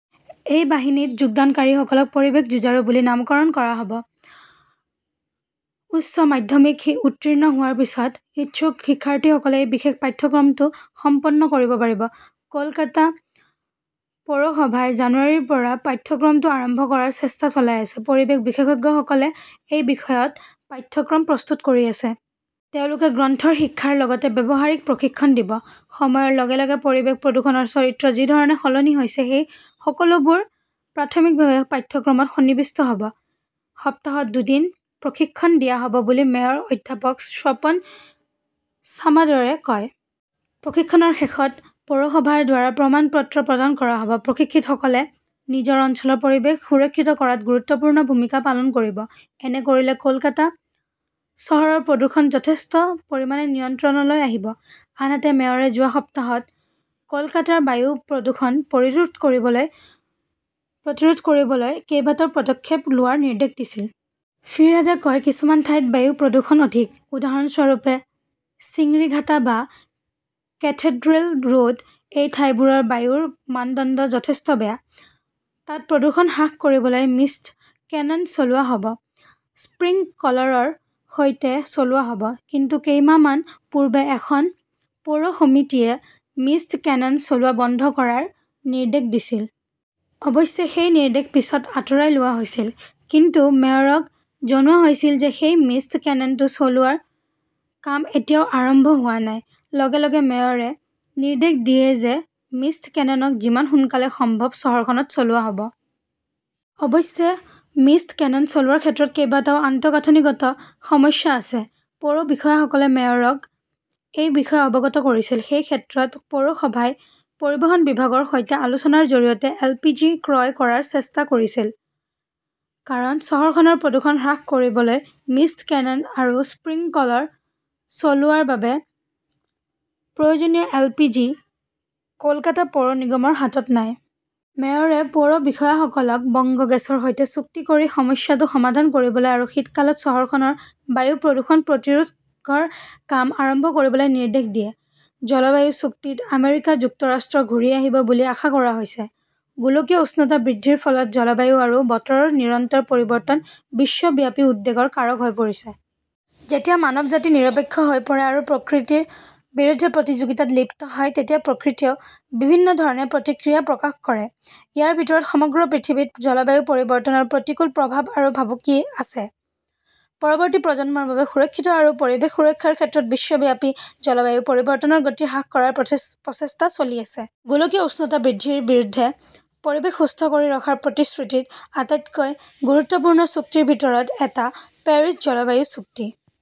এই বাহিনীত যোগদানকাৰীসকলক 'পৰিৱেশ যুঁজাৰু' বুলি নামকৰণ কৰা হ'ব। উচ্চ মাধ্যমিক উত্তীৰ্ণ হোৱাৰ পিছত ইচ্ছুক শিক্ষাৰ্থীসকলে এই বিশেষ পাঠ্যক্ৰমটো সম্পন্ন কৰিব পাৰিব। কলকাতা পৌৰসভাই জানুৱাৰীৰ পৰা পাঠ্যক্ৰমটো আৰম্ভ কৰাৰ চেষ্টা চলাই আছে। পৰিৱেশ বিশেষজ্ঞসকলে এই বিষয়ত পাঠ্যক্ৰম প্ৰস্তুত কৰি আছে। তেওঁলোকে গ্ৰন্থৰ শিক্ষাৰ লগতে ব্যৱহাৰিক প্ৰশিক্ষণ দিব। সময়ৰ লগে লগে পৰিৱেশ প্ৰদূষণৰ চৰিত্ৰ যি ধৰণে সলনি হৈছে, সেই সকলোবোৰ প্ৰাথমিকভাৱে পাঠ্যক্ৰমত সন্নিৱিষ্ট হব। সপ্তাহত দুদিন প্ৰশিক্ষণ দিয়া হ'ব বুলি মেয়ৰ অধ্যাপক স্বপন ছামাদৰে কয়। প্ৰশিক্ষণৰ শেষত পৌৰসভাৰ দ্বাৰা প্ৰমাণপত্ৰ প্ৰদান কৰা হ 'ব। প্ৰশিক্ষিতসকলে নিজৰ অঞ্চলৰ পৰিৱেশ সুৰক্ষিত কৰাত গুৰুত্বপূৰ্ণ ভূমিকা পালন কৰিব। এনে কৰিলে কলকাতা চহৰৰ প্ৰদূষণ যথেষ্ট পৰিমাণে নিয়ন্ত্ৰণলৈ আহিব। আনহাতে, মেয়ৰে যোৱা সপ্তাহত কলকাতাৰ বায়ু প্ৰদূষণ প্ৰতিৰোধ কৰিবলৈ কেইবাটাও পদক্ষেপ লোৱাৰ নিৰ্দেশ দিছিল। ফিৰহাদে কয় "কিছুমান ঠাইত বায়ু প্ৰদূষণ অধিক", । উদাহৰণস্বৰূপে, চিংৰিঘাটা বা কেথেড্ৰেল ৰোড। এই ঠাইবোৰৰ বায়ুৰ মানদণ্ড যথেষ্ট বেয়া। তাত প্ৰদূষণ হ্ৰাস কৰিবলৈ মিষ্ট কেনন চলোৱা হ "ব। স্প্ৰিংকলৰৰ সৈতে চলোৱা হ'ব। কিন্তু কেইমাহমান পূৰ্বে এখন পৌৰ সমিতিয়ে মিষ্ট কেনন চলোৱা বন্ধ কৰাৰ নিৰ্দেশ দিছিল। অৱশ্যে, সেই নিৰ্দেশ পিছত আঁতৰাই লোৱা হৈছিল। কিন্তু মেয়ৰক জনোৱা হৈছিল যে সেই মিষ্ট কেননটো চলোৱাৰ কাম এতিয়াও আৰম্ভ হোৱা নাই। লগে লগে মেয়ৰে নিৰ্দেশ দিয়ে যে মিষ্ট কেননক যিমান সোনকালে সম্ভৱ চহৰখনত চলোৱা হ 'ব। অৱশ্যে মিষ্ট কেনন চলোৱাৰ ক্ষেত্ৰত কেইবাটাও আন্তঃগাঁথনিগত সমস্যা আছে। পৌৰ বিষয়াসকলে মেয়ৰক এই বিষয়ে অৱগত কৰিছিল। সেই ক্ষেত্ৰত পৌৰসভাই পৰিবহণ বিভাগৰ সৈতে আলোচনাৰ জৰিয়তে এলপিজি ক্ৰয় কৰাৰ চেষ্টা কৰিছিল। কাৰণ চহৰখনৰ প্ৰদূষণ হ্ৰাস কৰিবলৈ মিষ্ট কেনন আৰু স্প্ৰিংকলৰ চলোৱাৰ বাবে প্ৰয়োজনীয় এলপিজি কলকাতা পৌৰ নিগমৰ হাতত নাই। মেয়ৰে পৌৰ বিষয়াসকলক বংগ গেছৰ সৈতে চুক্তি কৰি সমস্যাটো সমাধান কৰিবলৈ আৰু শীতকালত চহৰখনৰ বায়ু প্ৰদূষণ প্ৰতিৰোধৰ কাম আৰম্ভ কৰিবলৈ নিৰ্দেশ দিয়ে। জলবায়ু চুক্তিত আমেৰিকা যুক্তৰাষ্ট্ৰ ঘূৰি আহিব বুলি আশা কৰা হৈছে। গোলকীয় উষ্ণতা বৃদ্ধিৰ ফলত জলবায়ু আৰু বতৰৰ নিৰন্তৰ পৰিৱৰ্তন বিশ্বব্যাপী উদ্বেগৰ কাৰক হৈ পৰিছে। যেতিয়া মানৱজাতি নিৰপেক্ষ হৈ পৰে আৰু প্ৰকৃতিৰ বিৰুদ্ধে প্ৰতিযোগিতাত লিপ্ত হয়, তেতিয়া প্ৰকৃতিয়েও বিভিন্ন ধৰণে প্ৰতিক্ৰিয়া প্ৰকাশ কৰে। ইয়াৰ ভিতৰত সমগ্ৰ পৃথিৱীত জলবায়ু পৰিৱৰ্তনৰ প্ৰতিকূল প্ৰভাৱ আৰু ভাবুকি আছে। পৰৱৰ্তী প্ৰজন্মৰ বাবে সুৰক্ষিত আৰু পৰিৱেশ সুৰক্ষাৰ ক্ষেত্ৰত বিশ্বব্যাপী জলবায়ু পৰিৱৰ্তনৰ গতি হ্ৰাস কৰাৰ প্ৰচেষ্টা চলি আছে। গোলকীয় উষ্ণতা বৃদ্ধিৰ বিৰুদ্ধে পৰিৱেশ সুস্থ কৰি ৰখাৰ প্ৰতিশ্ৰুতিত আটাইতকৈ গুৰুত্বপূৰ্ণ চুক্তিৰ ভিতৰত এটা, পেৰিছ জলবায়ু চুক্তি ।